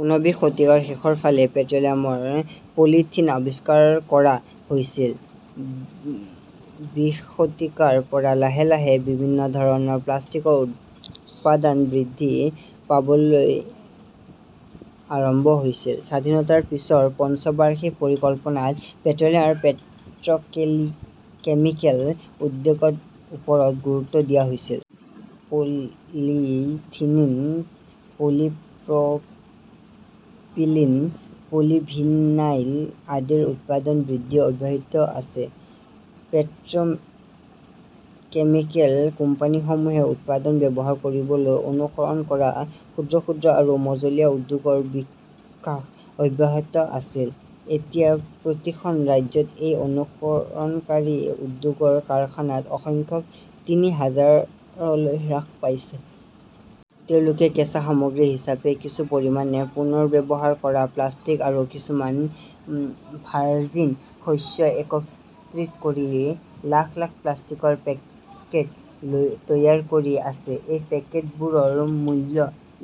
ঊনবিংশ শতিকাৰ শেষৰ ফালে পেট্ৰ'লিয়ামৰ পলিথিন আৱিষ্কাৰ কৰা হৈছিল। বিশ শতিকাৰ পৰা লাহে - লাহে বিভিন্ন ধৰণৰ প্লাষ্টিকৰ উৎপাদন বৃদ্ধি পাবলৈ আৰম্ভ কৰিছিল। স্বাধীনতাৰ পিছৰ পঞ্চবাৰ্ষিক পৰিকল্পনাত পেট্ৰ'লিয়াম আৰু পেট্ৰ'কেমিকেল উদ্যোগৰ ওপৰত গুৰুত্ব দিয়া হৈছিল। পলিইথিলিন, পলিপ্ৰপিলিন, পলিভিনাইল আদিৰ উৎপাদন বৃদ্ধি অব্যাহত আছে। পেট্ৰাকেমিকেল কোম্পানীসমূহে উৎপাদন ব্যৱহাৰ কৰিবলৈ অনুসৰণ কৰা ক্ষুদ্ৰ-ক্ষুদ্ৰ আৰু মজলীয়া উদ্যোগৰ বিকাশ অব্যাহত আছিল। এতিয়া প্ৰতিখন ৰাজ্যত এই অনুসৰণকাৰী উদ্যোগৰ কাৰখানাৰ সংখ্যা তিনি হাজাৰলৈ হ্ৰাস পাইছে। তেওঁলোকে কেঁচা সামগ্ৰী হিচাপে কিছু পৰিমাণে পুনৰ্ব্যৱহাৰ কৰা প্লাষ্টিক আৰু কিছুমান ভাৰ্জিন শস্য একত্ৰিত কৰি লাখ - লাখ প্লাষ্টিকৰ পেকেট তৈয়াৰ কৰি আছে। এই পেকেটবোৰৰ মূল্য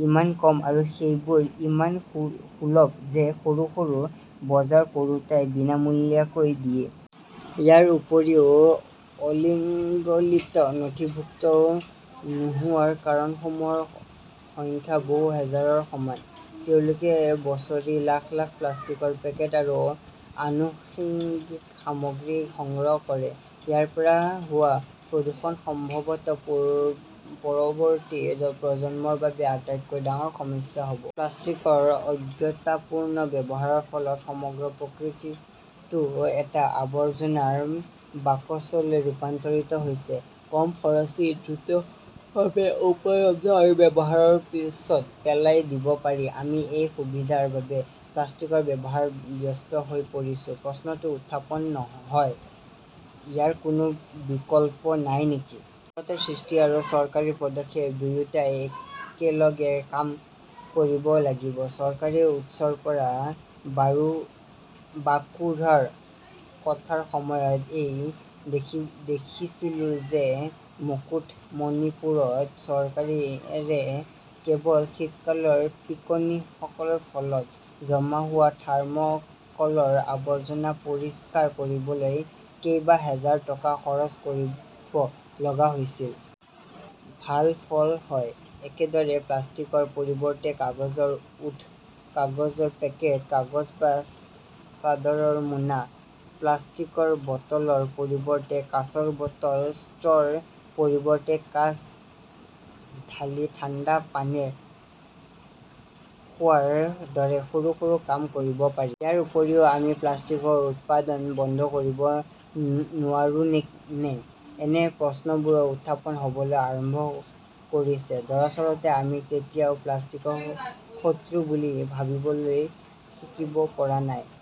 ইমান কম আৰু সেইবোৰ ইমান সুলভ যে সৰু সৰু বজাৰ কৰোঁতাই বিনামূলীয়াকৈ দিয়ে। ইয়াৰ উপৰিও, অলিগলীত নথিভুক্ত নোহোৱা কাৰখানাৰ সংখ্যা বহু হাজাৰৰ সমান। তেওঁলোকে বছৰি লাখ লাখ প্লাষ্টিকৰ পেকেট আৰু আনুষঙ্গিক সামগ্ৰী সংগ্ৰহ কৰে। ইয়াৰ পৰা হোৱা প্ৰদূষণ সম্ভৱত পৰৱৰ্তী প্ৰজন্মৰ বাবে আটাইতকৈ ডাঙৰ সমস্যা হ'ব। প্লাষ্টিকৰ অজ্ঞতাপূৰ্ণ ব্যৱহাৰৰ ফলত সমগ্ৰ প্ৰকৃতিটো এটা আৱৰ্জনাৰ বাকচলৈ ৰূপান্তৰিত হৈছে। কম খৰচী, দ্ৰুতভাৱে উপলব্ধ আৰু ব্যৱহাৰৰ পিছত পেলাই দিব পাৰি আমি এই সুবিধাৰ বাবে প্লাষ্টিকৰ ব্যৱহাৰত ব্যস্ত হৈ পৰিছো। প্ৰশ্নটো উত্থাপন হয়, ইয়াৰ কোনো বিকল্প নাই নেকি? সজাগতা সৃষ্টি আৰু চৰকাৰী পদক্ষেপ দুয়োটাই একেলগে কাম কৰিব লাগিব। চাকৰিৰ উৎসৰ পৰা বাকুড়াত থকাৰ সময়ত, মই দেখিছিলো যে মুকুটমণিপুৰত চৰকাৰে কেৱল শীতকালৰ পিকনিকৰ ফলত জমা হোৱা থাৰ্মকলৰ আৱৰ্জনা পৰিষ্কাৰ কৰিবলৈ কেইবা হাজাৰ টকা খৰচ কৰিব লগা হৈছিল। ভাল ফল হয়। একেদৰে, প্লাষ্টিকৰ পৰিৱৰ্তে কাগজৰ ওঁঠ, কাগজৰ পেকেট, কাগজ বা চাদৰৰ মোনা, প্লাষ্টিকৰ বটলৰ পৰিৱৰ্তে কাঁচৰ বটল, ষ্ট্ৰৰ পৰিৱৰ্তে কাঁচত ঢালি ঠাণ্ডা পানীয় খোৱাৰ দৰে সৰু - সৰু কাম কৰিব পাৰি। ইয়াৰ উপৰিও, আমি প্লাষ্টিকৰ উৎপাদন বন্ধ কৰিব নোৱাৰোনে? এনে প্ৰশ্নবোৰো উত্থাপন হ'বলৈ আৰম্ভ কৰিছে। দৰাচলতে আমি এতিয়াও প্লাষ্টিকক শত্ৰু বুলি ভাবিবলৈ শিকিব পৰা নাই।